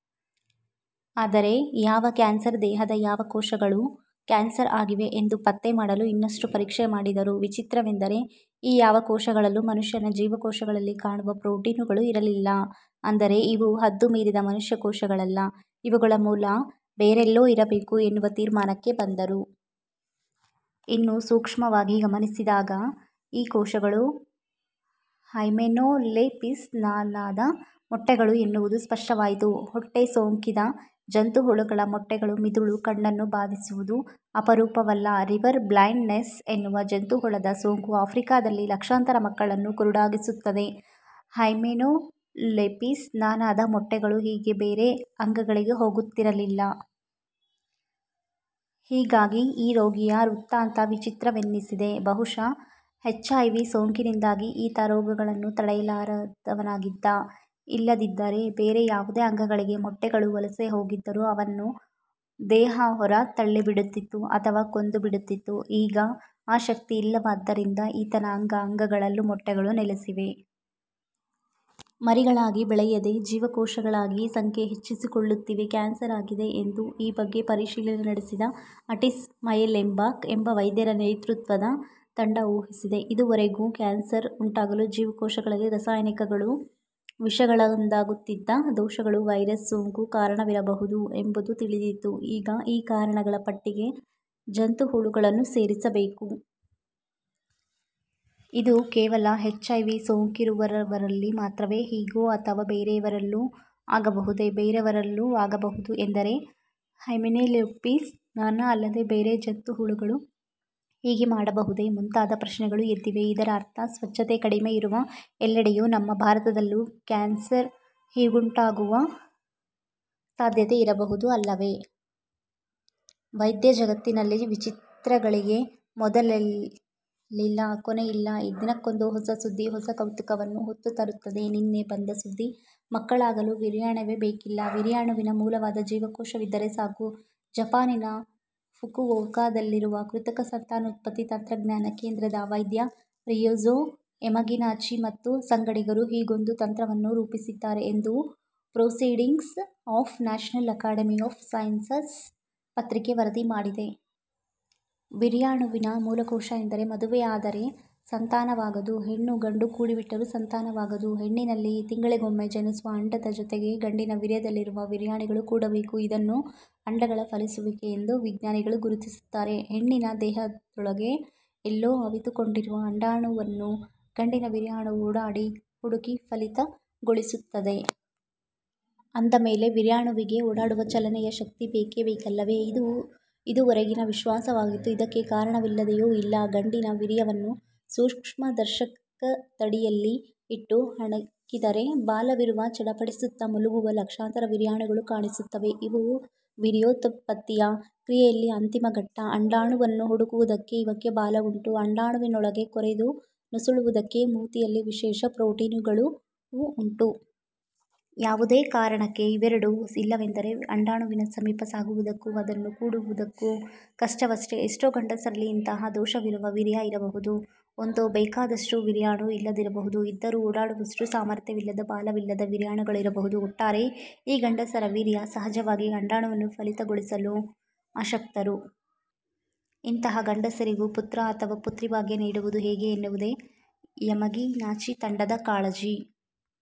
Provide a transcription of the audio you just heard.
ಆದರೆ ಯಾವ ಕ್ಯಾನ್ಸರ್? ದೇಹದ ಯಾವ ಕೋಶಗಳು ಕ್ಯಾನ್ಸರ್ ಆಗಿವೆ ಎಂದು ಪತ್ತೆ ಮಾಡಲು ಇನ್ನಷ್ಟು ಪರೀಕ್ಷೆ ಮಾಡಿದರು. ವಿಚಿತ್ರವೆಂದರೆ ಈ ಯಾವ ಕೋಶಗಳಲ್ಲೂ ಮನುಷ್ಯನ ಜೀವಕೋಶಗಳಲ್ಲಿ ಕಾಣುವ ಪ್ರೊಟೀನುಗಳು ಇರಲಿಲ್ಲ. ಅಂದರೆ ಇವು ಹದ್ದು ಮೀರಿದ ಮನುಷ್ಯ ಕೋಶಗಳಲ್ಲ. ಇವುಗಳ ಮೂಲ ಬೇರೆಲ್ಲೋ ಇರಬೇಕು ಎನ್ನುವ ತೀರ್ಮಾನಕ್ಕೆ ಬಂದರು. ಇನ್ನೂ ಸೂಕ್ಷ್ಮವಾಗಿ ಗಮನಿಸಿದಾಗ ಈ ಕೋಶಗಳು ಹೈಮೆನೋಲೆಪಿಸ್ ನಾನಾ ದ ಮೊಟ್ಟೆಗಳು ಎನ್ನುವುದು ಸ್ಪಷ್ಟವಾಯಿತು. ಹೊಟ್ಟೆ ಸೋಂಕಿದ ಜಂತುಹುಳುಗಳ ಮೊಟ್ಟೆಗಳು ಮಿದುಳು, ಕಣ್ಣನ್ನು ಬಾಧಿಸುವುದು ಅಪರೂಪವಲ್ಲ. ರಿವರ್ ಬ್ಲೈಂಡ್ ನೆಸ್ ಎನ್ನುವ ಜಂತುಹುಳದ ಸೋಂಕು ಆಫ್ರಿಕಾದಲ್ಲಿ ಲಕ್ಷಾಂತರ ಮಕ್ಕಳನ್ನು ಕುರುಡಾಗಿಸುತ್ತದೆ. ಹೈಮೆನೋಲೆಪಿಸ್ ನಾನಾ ದ ಮೊಟ್ಟೆಗಳು ಹೀಗೆ ಬೇರೆ ಅಂಗಗಳಿಗೆ ಹೋಗುತ್ತಿರಲಿಲ್ಲ. ಹೀಗಾಗಿ ಈ ರೋಗಿಯ ವೃತ್ತಾಂತ ವಿಚಿತ್ರವೆನ್ನಿಸಿದೆ. ಬಹುಶಃ ಎಚ್ ಐ ವಿ ಸೋಂಕಿನಿಂದಾಗಿ ಈತ ರೋಗಗಳನ್ನು ತಡೆಯಲಾರದವನಾಗಿದ್ದ. ಇಲ್ಲದಿದ್ದರೆ ಬೇರೆ ಯಾವುದೇ ಅಂಗಗಳಿಗೆ ಮೊಟ್ಟೆಗಳು ವಲಸೆ ಹೋಗಿದ್ದರೂ ಅವನ್ನು ದೇಹ ಹೊರ ತಳ್ಳಿಬಿಡುತ್ತಿತ್ತು. ಅಥವಾ ಕೊಂದು ಬಿಡುತ್ತಿತ್ತು. 'ಈಗ ಆ ಶಕ್ತಿ ಇಲ್ಲವಾದ್ದರಿಂದ ಈತನ ಅಂಗ ಅಂಗಗಳಲ್ಲೂ ಮೊಟ್ಟೆಗಳು ನೆಲೆಸಿವೆ. ಮರಿಗಳಾಗಿ ಬೆಳೆಯದೆ ಜೀವಕೋಶಗಳಾಗಿ ಸಂಖ್ಯೆ ಹೆಚ್ಚಿಸಿಕೊಳ್ಳುತ್ತಿವೆ. ಕ್ಯಾನ್ಸರ್ ಆಗಿದೆ' ಎಂದು ಈ ಬಗ್ಗೆ ಪರಿಶೀಲನೆ ನಡೆಸಿದ ಅಟೀಸ್ ಮುಯಲೆಂಬಾಕ್ ಎಂಬ ವೈದ್ಯರ ನೇತೃತ್ವದ ತಂಡ ಊಹಿಸಿದೆ. ಇದುವರೆವಿಗೂ ಕ್ಯಾನ್ಸರ್ ಉಂಟಾಗಲು ಜೀವಕೋಶಗಳಲ್ಲಿ ರಾಸಾಯನಿಕಗಳು, ವಿಷಗಳಿಂದಾಗುತ್ತಿದ್ದ ದೋಷಗಳು, ವೈರಸ್ ಸೋಂಕು ಕಾರಣವಿರಬಹುದು ಎಂಬುದು ತಿಳಿದಿತ್ತು. ಈಗ ಈ ಕಾರಣಗಳ ಪಟ್ಟಿಗೆ ಜಂತುಹುಳುಗಳನ್ನೂ ಸೇರಿಸಬೇಕು. ಇವು ಕೇವಲ ಎಚ್ ಐ ವಿ. ಸೋಂಕಿರುವವರಲ್ಲಿ ಮಾತ್ರವೇ ಹೀಗೋ? ಅಥವಾ ಬೇರೆಯವರಲ್ಲೂ ಆಗಬಹುದೋ. ಬೇರೆಯವರಲ್ಲೂ ಆಗಬಹುದು ಎಂದರೆ ಹೈಮೆನೊಲೆಪಿಸ್ ನಾನಾ ಅಲ್ಲದೆ ಬೇರೆ ಜಂತುಹುಳುಗಳೂ ಹೀಗೆ ಮಾಡಬಹುದೇ? ಮುಂತಾದ ಪ್ರಶ್ನೆಗಳು ಎದ್ದಿವೆ. ಇದರ ಅರ್ಥ ಸ್ವಚ್ಛತೆ ಕಡಿಮೆ ಇರುವ ಎಲ್ಲೆಡೆಯೂ, ನಮ್ಮ ಭಾರತದಲ್ಲೂ, ಕ್ಯಾನ್ಸರ್ ಹೀಗುಂಟಾಗುವ ಸಾಧ್ಯತೆ ಇರಬಹುದು ಅಲ್ಲವೇ? ವೈದ್ಯ ಜಗತ್ತಿನಲ್ಲಿ ವಿಚಿತ್ರಗಳಿಗೆ ಮೊದಲಿಲ್ಲ, ಕೊನೆಯಿಲ್ಲ. ದಿನಕ್ಕೊಂದು ಹೊಸ ಸುದ್ದಿ. ಹೊಸ ಕೌತುಕವನ್ನು ಹೊತ್ತು ತರುತ್ತದೆ. ನಿನ್ನೆ ಬಂದ ಸುದ್ದಿ. ಮಕ್ಕಳಾಗಲು ವೀರ್ಯಾಣುವೇ ಬೇಕಿಲ್ಲ. ವೀರ್ಯಾಣುವಿನ ಮೂಲವಾದ ಜೀವಕೋಶವಿದ್ದರೆ ಸಾಕು. ಜಪಾನಿನ ಫುಕುವೋಕಾದಲ್ಲಿರುವ ಕೃತಕ ಸಂತಾನೋತ್ಪತ್ತಿ ತಂತ್ರಜ್ಞಾನ ಕೇಂದ್ರದ ವೈದ್ಯ ರಿಯುಜೊ ಯಮಗಿನಾಚಿ ಮತ್ತು ಸಂಗಡಿಗರು ಹೀಗೊಂದು ತಂತ್ರವನ್ನು ರೂಪಿಸಿದ್ದಾರೆ ಎಂದು proceedings of national academy of sciences ಪತ್ರಿಕೆ ವರದಿ ಮಾಡಿದೆ. ವೀರ್ಯಾಣುವಿನ ಮೂಲಕೋಶ ಎಂದರೆ? ಮದುವೆಯಾದರೆ ಸಂತಾನವಾಗದು. ಹೆಣ್ಣು, ಗಂಡು ಕೂಡಿಬಿಟ್ಟರೂ ಸಂತಾನವಾಗದು. ಹೆಣ್ಣಿನಲ್ಲಿ ತಿಂಗಳಿಗೊಮ್ಮೆ ಜನಿಸುವ ಅಂಡದ ಜೊತೆಗೆ ಗಂಡಿನ ವೀರ್ಯದಲ್ಲಿರುವ ವೀರ್ಯಾಣುಗಳು ಕೂಡಬೇಕು. ಇದನ್ನು ಅಂಡಗಳ ಫಲಿಸುವಿಕೆ ಎಂದು ವಿಜ್ಞಾನಿಗಳು ಗುರುತಿಸುತ್ತಾರೆ. ಹೆಣ್ಣಿನ ದೇಹದೊಳಗೆ ಎಲ್ಲೋ ಅವಿತುಕೊಂಡಿರುವ ಅಂಡಾಣುವನ್ನು ಗಂಡಿನ ವೀರ್ಯಾಣು ಓಡಾಡಿ ಹುಡುಕಿ ಫಲಿತಗೊಳಿಸುತ್ತದೆ. ಅಂದ ಮೇಲೆ ವೀರ್ಯಾಣುವಿಗೆ ಓಡಾಡುವ, ಚಲನೆಯ ಶಕ್ತಿ ಬೇಕೇ ಬೇಕಲ್ಲವೇ? ಇದು ಇದುವರೆಗಿನ ವಿಶ್ವಾಸವಾಗಿತ್ತು. ಇದಕ್ಕೆ ಕಾರಣವಿಲ್ಲದೆಯೂ ಇಲ್ಲ. ಗಂಡಿನ ವೀರ್ಯವನ್ನು ಸೂಕ್ಷ್ಮದರ್ಶಕದಡಿಯಲ್ಲಿ ಇಟ್ಟು ಹಣಿಕಿದರೆ ಬಾಲವಿರುವ, ಚಡಪಡಿಸುತ್ತ ಮುಲುಗುವ ಲಕ್ಷಾಂತರ ವೀರ್ಯಾಣುಗಳು ಕಾಣಿಸುತ್ತವೆ. ಇವು ವೀರ್ಯೋತ್ಪತ್ತಿಯ ಕ್ರಿಯೆಯಲ್ಲಿ ಅಂತಿಮ ಘಟ್ಟ. ಅಂಡಾಣುವನ್ನು ಹುಡುಕುವುದಕ್ಕೆ ಇವಕ್ಕೆ ಬಾಲವುಂಟು, ಅಂಡಾಣುವಿನೊಳಗೆ ಕೊರೆದು ನುಸುಳುವುದಕ್ಕೆ ಮೂತಿಯಲ್ಲಿ ವಿಶೇಷ ಪ್ರೊಟೀನುಗಳೂ ಉಂಟು. ಯಾವುದೇ ಕಾರಣಕ್ಕೆ ಇವೆರಡೂ ಇಲ್ಲವೆಂದರೆ ಅಂಡಾಣುವಿನ ಸಮೀಪ ಸಾಗುವುದಕ್ಕೂ, ಅದನ್ನು ಕೂಡುವುದಕ್ಕೂ ಕಷ್ಟವಷ್ಟೆ! ಎಷ್ಟೋ ಗಂಡಸರಲ್ಲಿ ಇಂತಹ ದೋಷವಿರುವ ವೀರ್ಯ ಇರಬಹುದು. ಒಂದೋ ಬೇಕಾದಷ್ಟು ವೀರ್ಯಾಣು ಇಲ್ಲದಿರಬಹುದು. ಇದ್ದರೂ ಓಡಾಡುವಷ್ಟು ಸಾಮರ್ಥ್ಯವಿಲ್ಲದ, ಬಾಲವಿಲ್ಲದ ವೀರ್ಯಾಣುಗಳಿರಬಹುದು. ಒಟ್ಟಾರೆ ಈ ಗಂಡಸರ ವೀರ್ಯ ಸಹಜವಾಗಿ ಅಂಡಾಣುವನ್ನು ಫಲಿತಗೊಳಿಸಲು ಅಶಕ್ತರು. ಇಂತಹ ಗಂಡಸರಿಗೂ ಪುತ್ರ ಅಥವಾ ಪುತ್ರಿಭಾಗ್ಯ ನೀಡುವುದು ಹೇಗೆ ಎನ್ನುವುದೇ ಯಮಗಿನಾಚಿ ತಂಡದ ಕಾಳಜಿ.